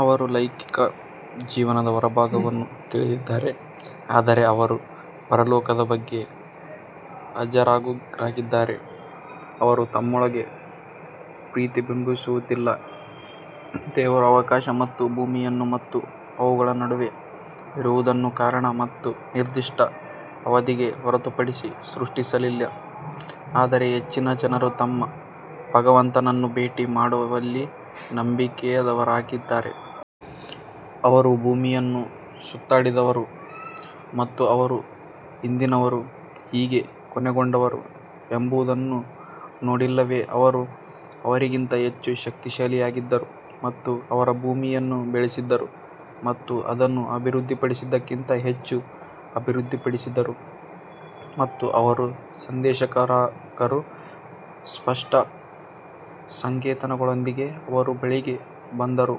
ಅವರು ಲೌಕಿಕ ಜೀವನದ ಹೊರಭಾಗವನ್ನು ತಿಳಿದಿದ್ದಾರೆ ಆದರೆ ಅವರು ಪರಲೋಕದ ಬಗ್ಗೆ ಅಜಾಗರೂಕರಾಗಿದ್ದಾರೆ ಅವರು ತಮ್ಮೊಳಗೆ ಪ್ರತಿಬಿಂಬಿಸುವುದಿಲ್ಲವೇ, ದೇವರು ಆಕಾಶ ಮತ್ತು ಭೂಮಿಯನ್ನು ಮತ್ತು ಅವುಗಳ ನಡುವೆ ಇರುವದನ್ನು ಕಾರಣ ಮತ್ತು ನಿರ್ದಿಷ್ಟ ಅವಧಿಗೆ ಹೊರತುಪಡಿಸಿ ಸೃಷ್ಟಿಸಲಿಲ್ಲ ಆದರೆ ಹೆಚ್ಚಿನ ಜನರು ತಮ್ಮ ಭಗವಂತನನ್ನು ಭೇಟಿ ಮಾಡುವಲ್ಲಿ ನಂಬಿಕೆಯಿಲ್ಲದವರಾಗಿದ್ದಾರೆ. ಅವರು ಭೂಮಿಯನ್ನು ಸುತ್ತಾಡಿದರು ಮತ್ತು ಅವರ ಹಿಂದಿನವರು ಹೇಗೆ ಕೊನೆಗೊಂಡರು ಎಂಬುದನ್ನು ನೋಡಿಲ್ಲವೇ ಅವರು ಅವರಿಗಿಂತ ಹೆಚ್ಚು ಶಕ್ತಿಶಾಲಿಗಳಾಗಿದ್ದರು ಮತ್ತು ಅವರು ಭೂಮಿಯನ್ನು ಬೆಳೆಸಿದರು ಮತ್ತು ಅದನ್ನು ಅಭಿವೃದ್ಧಿಪಡಿಸಿದಕ್ಕಿಂತ ಹೆಚ್ಚು ಅಭಿವೃದ್ಧಿಪಡಿಸಿದರು ಮತ್ತು ಅವರ ಸಂದೇಶವಾಹಕರು ಸ್ಪಷ್ಟ ಸಂಕೇತಗಳೊಂದಿಗೆ ಅವರ ಬಳಿಗೆ ಬಂದರು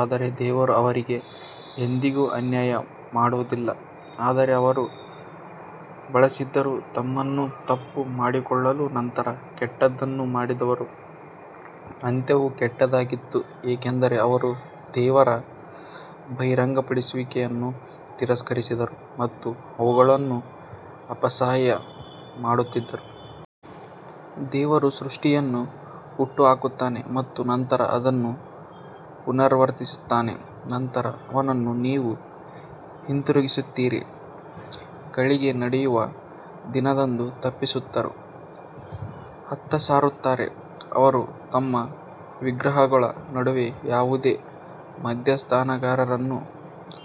ಆದರೆ ದೇವರು ಅವರಿಗೆ ಎಂದಿಗೂ ಅನ್ಯಾಯ ಮಾಡುವುದಿಲ್ಲ ಆದರೆ ಅವರು ಬಳಸಿದರು ತಮ್ಮನ್ನು ತಪ್ಪು ಮಾಡಿಕೊಳ್ಳಲು ನಂತರ ಕೆಟ್ಟದ್ದನ್ನು ಮಾಡಿದವರ ಅಂತ್ಯವು ಕೆಟ್ಟದ್ದಾಗಿತ್ತು, ಏಕೆಂದರೆ ಅವರು ದೇವರ ಬಹಿರಂಗಪಡಿಸುವಿಕೆಯನ್ನು ತಿರಸ್ಕರಿಸಿದರು ಮತ್ತು ಅವುಗಳನ್ನು ಅಪಹಾಸ್ಯ ಮಾಡುತ್ತಿದ್ದರು. ದೇವರು ಸೃಷ್ಟಿಯನ್ನು ಹುಟ್ಟುಹಾಕುತ್ತಾನೆ ಮತ್ತು ನಂತರ ಅದನ್ನು ಪುನರಾವರ್ತಿಸುತ್ತಾನೆ ನಂತರ ಅವನನ್ನು ನೀವು ಹಿಂತಿರುಗಿಸುತ್ತೀರಿ ಘಳಿಗೆ ನಡೆಯುವ ದಿನದಂದು ತಪ್ಪಿತಸ್ಥರು ಹತಾಶರಾಗುತ್ತಾರೆ ಅವರು ತಮ್ಮ ವಿಗ್ರಹಗಳ ನಡುವೆ ಯಾವುದೇ ಮಧ್ಯಸ್ಥಗಾರರನ್ನು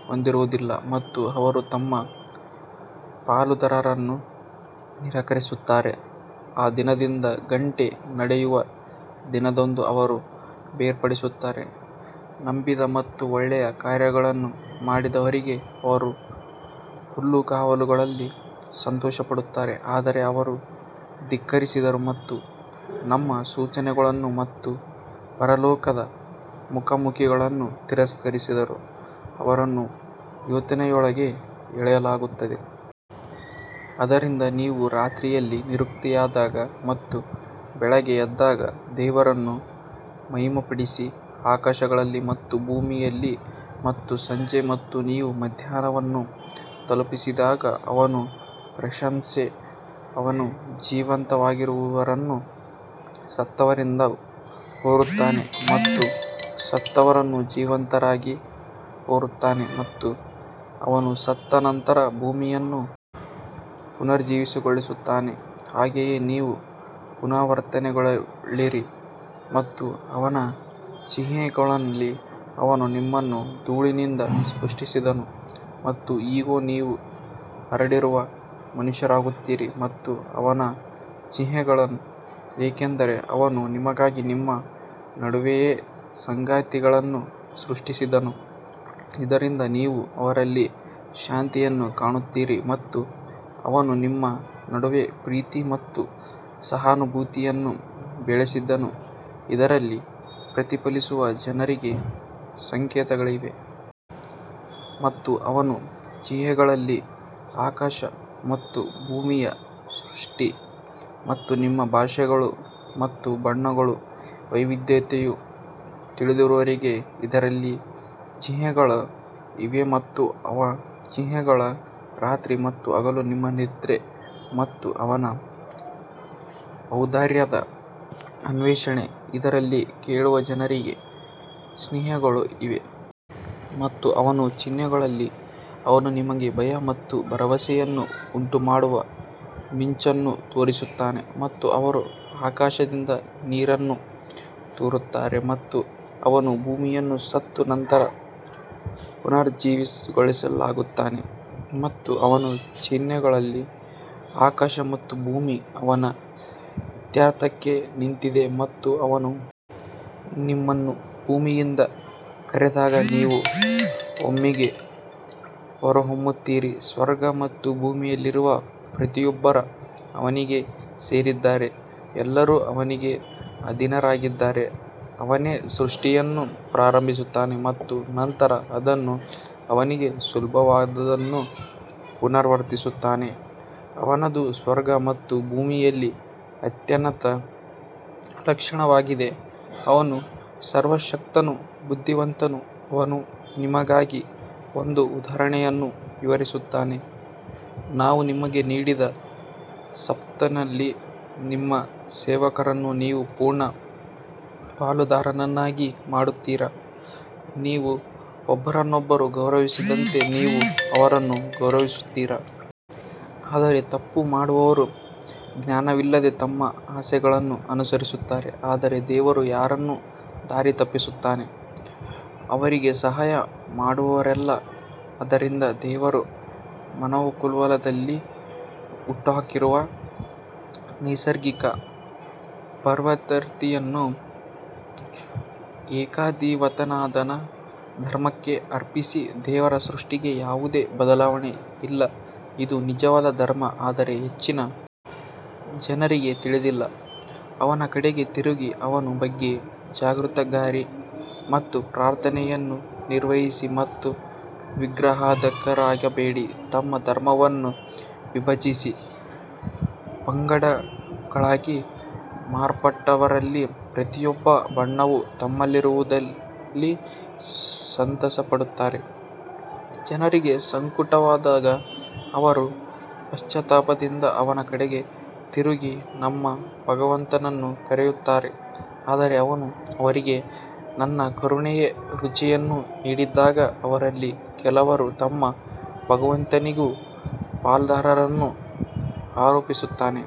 ಹೊಂದಿರುವುದಿಲ್ಲ ಮತ್ತು ಅವರು ತಮ್ಮ ಪಾಲುದಾರರನ್ನು ನಿರಾಕರಿಸುತ್ತಾರೆ ಆ ದಿನದಂದು ಗಂಟೆ ನಡೆಯುವ ದಿನದಂದು ಅವರು ಬೇರ್ಪಡುತ್ತಾರೆ ನಂಬಿದ ಮತ್ತು ಒಳ್ಳೆಯ ಕಾರ್ಯಗಳನ್ನು ಮಾಡಿದವರಿಗೆ ಅವರು ಹುಲ್ಲುಗಾವಲುಗಳಲ್ಲಿ ಸಂತೋಷಪಡುತ್ತಾರೆ ಆದರೆ ಯಾರು ಧಿಕ್ಕರಿಸಿದರು ಮತ್ತು ನಮ್ಮ ಸೂಚನೆಗಳನ್ನು ಮತ್ತು ಪರಲೋಕದ ಮುಖಾಮುಖಿಗಳನ್ನು ತಿರಸ್ಕರಿಸಿದರು, ಅವರನ್ನು ಯಾತನೆಯೊಳಗೆ ಎಳೆಯಲಾಗುತ್ತದೆ. ಆದ್ದರಿಂದ ನೀವು ರಾತ್ರಿಯಲ್ಲಿ ನಿವೃತ್ತಿಯಾದಾಗ ಮತ್ತು ಬೆಳಿಗ್ಗೆ ಎದ್ದಾಗ ದೇವರನ್ನು ಮಹಿಮೆಪಡಿಸಿ ಆಕಾಶಗಳಲ್ಲಿ ಮತ್ತು ಭೂಮಿಯಲ್ಲಿ ಮತ್ತು ಸಂಜೆ ಮತ್ತು ನೀವು ಮಧ್ಯಾಹ್ನವನ್ನು ತಲುಪಿದಾಗ ಅವನ ಪ್ರಶಂಸೆ ಅವನು ಜೀವಂತವಾಗಿರುವವರನ್ನು ಸತ್ತವರಿಂದ ಹೊರತರುತ್ತಾನೆ ಮತ್ತು ಸತ್ತವರನ್ನು ಜೀವಂತವಾಗಿ ಹೊರತರುತ್ತಾನೆ ಮತ್ತು ಅವನು ಸತ್ತ ನಂತರ ಭೂಮಿಯನ್ನು ಪುನರುಜ್ಜೀವನಗೊಳಿಸುತ್ತಾನೆ ಹಾಗೆಯೇ ನೀವು ಪುನರುತ್ಥಾನಗೊಳ್ಳುವಿರಿ ಮತ್ತು ಅವನ ಚಿಹ್ನೆಗಳಲ್ಲಿ ಅವನು ನಿಮ್ಮನ್ನು ಧೂಳಿನಿಂದ ಸೃಷ್ಟಿಸಿದನು ಮತ್ತು ಇಗೋ, ನೀವು ಹರಡಿರುವ ಮನುಷ್ಯರಾಗುತ್ತೀರಿ ಮತ್ತು ಅವನ ಚಿಹ್ನೆಗಳು ಏನೆಂದರೆ, ಅವನು ನಿಮಗಾಗಿ ನಿಮ್ಮ ನಡುವೆಯೇ ಸಂಗಾತಿಗಳನ್ನು ಸೃಷ್ಟಿಸಿದನು, ಇದರಿಂದ ನೀವು ಅವರಲ್ಲಿ ಶಾಂತಿಯನ್ನು ಕಾಣುತ್ತೀರಿ ಮತ್ತು ಅವನು ನಿಮ್ಮ ನಡುವೆ ಪ್ರೀತಿ ಮತ್ತು ಸಹಾನುಭೂತಿಯನ್ನು ಬೆಳೆಸಿದನು, ಇದರಲ್ಲಿ ಪ್ರತಿಫಲಿಸುವ ಜನರಿಗೆ ಸಂಕೇತಗಳಿವೆ. ಮತ್ತು ಅವನ ಚಿಹ್ನೆಗಳಲ್ಲಿ ಆಕಾಶ ಮತ್ತು ಭೂಮಿಯ ಸೃಷ್ಟಿ ಮತ್ತು ನಿಮ್ಮ ಭಾಷೆಗಳು ಮತ್ತು ಬಣ್ಣಗಳ ವೈವಿಧ್ಯತೆಯು ತಿಳಿದಿರುವವರಿಗೆ ಇದರಲ್ಲಿ ಚಿಹ್ನೆಗಳು ಇವೆ. ಮತ್ತು ಅವನ ಚಿಹ್ನೆಗಳು ರಾತ್ರಿ ಮತ್ತು ಹಗಲು ನಿಮ್ಮ ನಿದ್ರೆ ಮತ್ತು ಅವನ ಔದಾರ್ಯದ ಅನ್ವೇಷಣೆ ಇದರಲ್ಲಿ ಕೇಳುವ ಜನರಿಗೆ ಚಿಹ್ನೆಗಳು ಇವೆ. ಮತ್ತು ಅವನ ಚಿಹ್ನೆಗಳಲ್ಲಿ ಅವನು ನಿಮಗೆ ಭಯ ಮತ್ತು ಭರವಸೆಯನ್ನು ಉಂಟುಮಾಡುವ ಮಿಂಚನ್ನು ತೋರಿಸುತ್ತಾನೆ ಮತ್ತು ಅವನು ಆಕಾಶದಿಂದ ನೀರನ್ನು ತರುತ್ತಾನೆ ಮತ್ತು ಅವನು ಭೂಮಿಯನ್ನು ಸತ್ತ ನಂತರ ಪುನರುಜ್ಜೀವನಗೊಳಿಸುತ್ತಾನೆ. ಮತ್ತು ಅವನ ಚಿಹ್ನೆಗಳಲ್ಲಿ ಆಕಾಶ ಮತ್ತು ಭೂಮಿ ಅವನ ಇತ್ಯರ್ಥಕ್ಕೆ ನಿಂತಿದೆ ಮತ್ತು ಅವನು ನಿಮ್ಮನ್ನು ಭೂಮಿಯಿಂದ ಕರೆದಾಗ ನೀವು ಒಮ್ಮೆಗೇ ಹೊರಹೊಮ್ಮುತ್ತೀರಿ ಸ್ವರ್ಗ ಮತ್ತು ಭೂಮಿಯಲ್ಲಿರುವ ಪ್ರತಿಯೊಬ್ಬರೂ ಅವನಿಗೇ ಸೇರಿದ್ದಾರೆ ಎಲ್ಲರೂ ಅವನಿಗೆ ಅಧೀನರಾಗಿದ್ದಾರೆ ಅವನೇ ಸೃಷ್ಟಿಯನ್ನು ಪ್ರಾರಂಭಿಸುತ್ತಾನೆ ಮತ್ತು ನಂತರ ಅದನ್ನು ಅವನಿಗೆ ಸುಲಭವಾದದ್ದನ್ನು ಪುನರಾವರ್ತಿಸುತ್ತಾನೆ ಅವನದು ಸ್ವರ್ಗ ಮತ್ತು ಭೂಮಿಯಲ್ಲಿ ಅತ್ಯುನ್ನತ ಲಕ್ಷಣವಾಗಿದೆ ಅವನು ಸರ್ವಶಕ್ತನು ಬುದ್ಧಿವಂತನು ಅವನು ನಿಮಗಾಗಿ ಒಂದು ಉದಾಹರಣೆಯನ್ನು ವಿವರಿಸುತ್ತಾನೆ, ನಾವು ನಿಮಗೆ ನೀಡಿದ ಸಂಪತ್ತಿನಲ್ಲಿ ನಿಮ್ಮ ಸೇವಕರನ್ನು ನೀವು ಪೂರ್ಣ ಪಾಲುದಾರರನ್ನಾಗಿ ಮಾಡುತ್ತೀರಾ, ನೀವು ಒಬ್ಬರನ್ನೊಬ್ಬರು ಗೌರವಿಸಿದಂತೆ ನೀವು ಅವರನ್ನು ಗೌರವಿಸುತ್ತೀರಾ? ಆದರೆ ತಪ್ಪು ಮಾಡುವವರು ಜ್ಞಾನವಿಲ್ಲದೆ ತಮ್ಮ ಆಸೆಗಳನ್ನು ಅನುಸರಿಸುತ್ತಾರೆ ಆದರೆ ದೇವರು ಯಾರನ್ನು ದಾರಿತಪ್ಪಿಸುತ್ತಾನೆ, ಅವರಿಗೆ ಸಹಾಯ ಮಾಡುವವರಿಲ್ಲ ಆದ್ದರಿಂದ ದೇವರು ಮಾನವಕುಲದಲ್ಲಿ ಹುಟ್ಟುಹಾಕಿರುವ ನೈಸರ್ಗಿಕ ಪ್ರವೃತ್ತಿಯನ್ನು ಏಕದೇವತಾವಾದದ ಧರ್ಮಕ್ಕೆ ಅರ್ಪಿಸಿ, ದೇವರ ಸೃಷ್ಟಿಗೆ ಯಾವುದೇ ಬದಲಾವಣೆ ಇಲ್ಲ ಇದು ನಿಜವಾದ ಧರ್ಮ ಆದರೆ ಹೆಚ್ಚಿನ ಜನರಿಗೆ ತಿಳಿದಿಲ್ಲ ಅವನ ಕಡೆಗೆ ತಿರುಗಿ ಅವನ ಬಗ್ಗೆ ಜಾಗೃತರಾಗಿರಿ ಮತ್ತು ಪ್ರಾರ್ಥನೆಯನ್ನು ನಿರ್ವಹಿಸಿ ಮತ್ತು ವಿಗ್ರಹಾರಾಧಕರಾಗಿರಬೇಡಿ ತಮ್ಮ ಧರ್ಮವನ್ನು ವಿಭಜಿಸಿ ಪಂಗಡಗಳಾಗಿ ಮಾರ್ಪಟ್ಟವರಲ್ಲಿ ಪ್ರತಿಯೊಂದು ಬಣವೂ ತಮ್ಮಲ್ಲಿರುವದರಲ್ಲಿ ಸಂತಸಪಡುತ್ತಾರೆ ಜನರಿಗೆ ಸಂಕಟವುಂಟಾದಾಗ ಅವರು ಪಶ್ಚಾತ್ತಾಪದಿಂದ ಅವನ ಕಡೆಗೆ ತಿರುಗಿ ತಮ್ಮ ಭಗವಂತನನ್ನು ಕರೆಯುತ್ತಾರೆ ಆದರೆ ಅವನು ಅವರಿಗೆ ತನ್ನ ಕರುಣೆಯ ರುಚಿಯನ್ನು ನೀಡಿದಾಗ ಅವರಲ್ಲಿ ಕೆಲವರು ತಮ್ಮ ಭಗವಂತನಿಗೆ ಪಾಲುದಾರರನ್ನು ಆರೋಪಿಸುತ್ತಾರೆ.